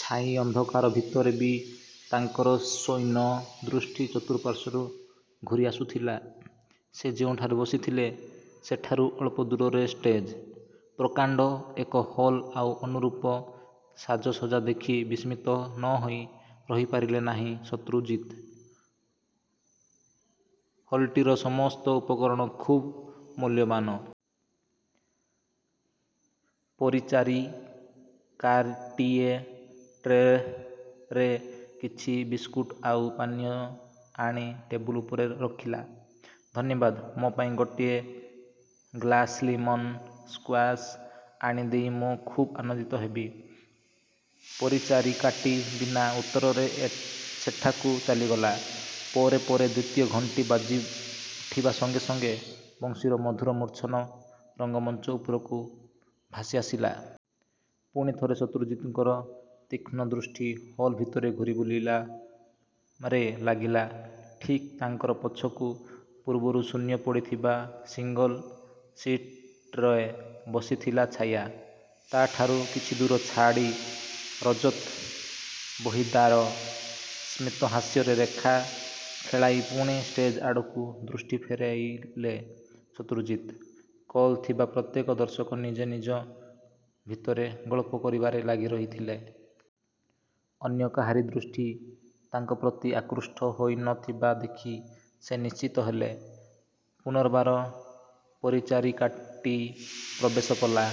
ଛାଇ ଅନ୍ଧକାର ଭିତରେ ବି ତାଙ୍କର ଶ୍ୟେନ ଦୃଷ୍ଟି ଚତୁଃପାର୍ଶରୁ ଘୁରିଆସୁଥିଲା। ସେ ଯେଉଁଠାରେ ବସିଥିଲେ ସେଠାରୁ ଅଳ୍ପଦୂରରେ ଷ୍ଟେଜ୍। ପ୍ରକାଣ୍ତ ଏକ ହଲ ଆଉ ଅନୁରୁପ ସାଜସଜ୍ଜା ଦେଖି ବିସ୍ମିତ ନ ହୋଇ ରହିପାରିଲେ ନାହିଁ ଶତ୍ରୁଜିତ। ହଲ୍ଟିର ସମସ୍ତ ଉପକରଣ ଖୁବ୍ ମୂଲ୍ୟବାନ୍। ପରିଚାରିକାରଟିଏ ଟ୍ରେରେ କିଛି ବିସକୁଟ ଆଉ ପାନୀୟ ଆଣି ଟେବୁଲ ଉପରେ ରଖିଲା। ଧନ୍ୟବାଦ! ମୋ ପାଇଁ ଗୋଟିଏ ଗ୍ଲାସ୍ଲିମନ ସ୍କ୍ୱାସ ଆଣି ଦେଇ ମୁଁ ଖୁବ୍ ଆନନ୍ଦିତ ହେବି। ପରିଚାରିକାଟି ବିନା ଉତ୍ତରରେ ଏ ସେଠାକୁ ଚାଲିଗଲା। ପରେ ପରେ ଦ୍ୱିତୀୟ ଘଣ୍ଟି ବାଜିଉଠିବା ସଙ୍ଗେ ସଙ୍ଗେ ବଂଶୀର ମଧୁର ମୂର୍ଚ୍ଛନ ରଙ୍ଗମଞ୍ଚ ଉପରକୁ ଭାସିଆସିଲା। ପୁଣିଥରେ ଶତ୍ରୁଜିତଙ୍କର ତୀକ୍ଷ୍ଣ ଦୃଷ୍ଟି ହଲ୍ ଭିତରେ ଘୁରିବୁଲିଲା ଆରେ ଲାଗିଲା। ଠିକ୍ ତାଙ୍କର ପଛକୁ ପୂର୍ବରୁ ଶୂନ୍ୟ ପଡ଼ିଥିବା ସିଙ୍ଗଲ ସିଟରେ ବସିଥିଲା ଛାୟା। ତା'ଠାରୁ କିଛିଦୂର ଛାଡ଼ି ରଜତ ବହିଦାର। ସ୍ମିତହାସ୍ୟରେ ରେଖା ଖେଳାଇ ପୁଣି ଷ୍ଟେଜ୍ଆଡ଼କୁ ଦୃଷ୍ଟି ଫେରାଇଲେ ଶତ୍ରୁଜିତ୍। କଲ୍ ଥିବା ପ୍ରତ୍ୟେକ ଦର୍ଶକ ନିଜ ନିଜ ଭିତରେ ଗଳ୍ପ କରିବାରେ ଲାଗିରହିଥିଲେ। ଅନ୍ୟ କାହାରି ଦୃଷ୍ଟି ତାଙ୍କ ପ୍ରତି ଆକୃଷ୍ଟ ହୋଇ ନ ଥିବା ଦେଖି ସେ ନିଶ୍ଚିନ୍ତ ହେଲେ। ପୂନର୍ବାର ପରିଚାରିକାଟି ପ୍ରବେଶ କଲା।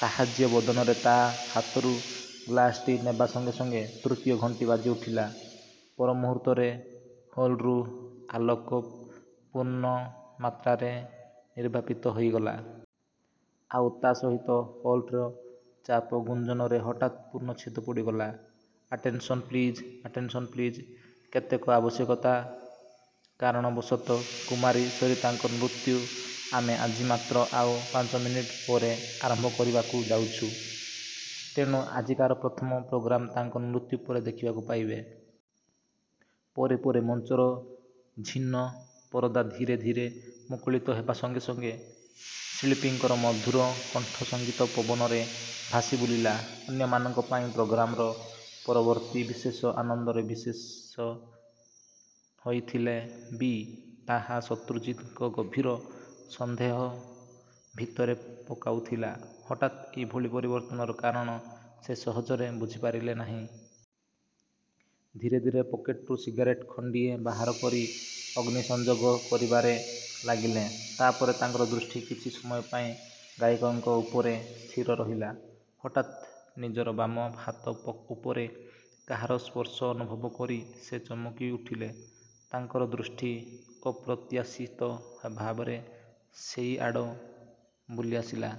ସାହାସ୍ୟ ବଦନରେ ତା' ହାତରୁ ଗ୍ଲାସଟି ନେବା ସଙ୍ଗେ ସଙ୍ଗେ ତୃତୀୟ ଘଣ୍ଟି ବାଜିଉଠିଲା। ପରମୁହୂର୍ତ୍ତରେ ହଲ୍ରୁ ଆଲୋକ ପୂର୍ଣ୍ଣମାତ୍ରାରେ ନିର୍ବାପିତ ହୋଇଗଲା। ଆଉ ତା' ସହିତ ହଲ୍ର ଚାପ ଗୁଞ୍ଜନରେ ହଠାତ୍ ପୂର୍ଣ୍ଣଛେଦ ପଡ଼ିଗଲା। Attention please attention please! କେତେକ ଅତ୍ୟାବଶ୍ୟକତା କାରଣବଶତଃ କୁମାରୀ ସରିତାଙ୍କର ନୃତ୍ୟ ଆମେ ଆଜି ମାତ୍ର ଆଉ ପାଞ୍ଚମିନିଟ୍ ପରେ ଆରମ୍ଭ କରିବାକୁ ଯାଉଛୁଁ। ତେଣୁ ଆଜିକାର ପ୍ରଥମ ପ୍ରୋଗ୍ରାମ ତାଙ୍କ ନୃତ୍ୟ ପରେ ଦେଖିବାକୁ ପାଇବେ। ପରେ ପରେ ମଞ୍ଚର ଝିନ ପରଦା ଧୀରେ ଧୀରେ ମୁକୁଳିତ ହେବା ସଙ୍ଗେ ସଙ୍ଗେ ଶିଳ୍ପୀଙ୍କର ମଧୁର କଣ୍ଠସଙ୍ଗୀତ ପବନରେ ଭାସିବୁଲିଲା। ଅନ୍ୟମାନଙ୍କ ପାଇଁ ପ୍ରୋଗ୍ରାମର ପରିବର୍ତ୍ତି ବିଶେଷ ଆନନ୍ଦର ବିଶେଷ ହୋଇଥିଲେ ବି ତାହା ଶତ୍ରୁଜିତଙ୍କୁ ଗଭୀର ସନ୍ଦେହ ଭିତରେ ପକାଉଥିଲା। ହଠାତ୍ ଏଭଳି ପରିବର୍ତ୍ତନର କାରଣ ସେ ସହଜରେ ବୁଝିପାରିଲେ ନାହିଁ। ଧୀରେ ଧୀରେ ପକେଟରୁ ସିଗାରେଟ୍ ଖଣ୍ତିଏ ବାହାର କରି ଅଗ୍ନିସଂଯୋଗ କରିବାରେ ଲାଗିଲେ। ତା'ପରେ ତାଙ୍କର ଦୃଷ୍ଟି କିଛି ସମୟ ପାଇଁ ଗାୟକଙ୍କ ଉପରେ ସ୍ଥିର ରହିଲା। ହଠାତ୍ ନିଜର ବାମ ହାତ ଉପରେ କାହାର ସ୍ପର୍ଶ ଅନୁଭବ କରି ସେ ଚମକି ଉଠିଲେ। ତାଙ୍କର ଦୃଷ୍ଟି ଅପ୍ରତ୍ୟାଶିତ ଭାବରେ ସେଇଆଡ଼ ବୁଲିଆସିଲା।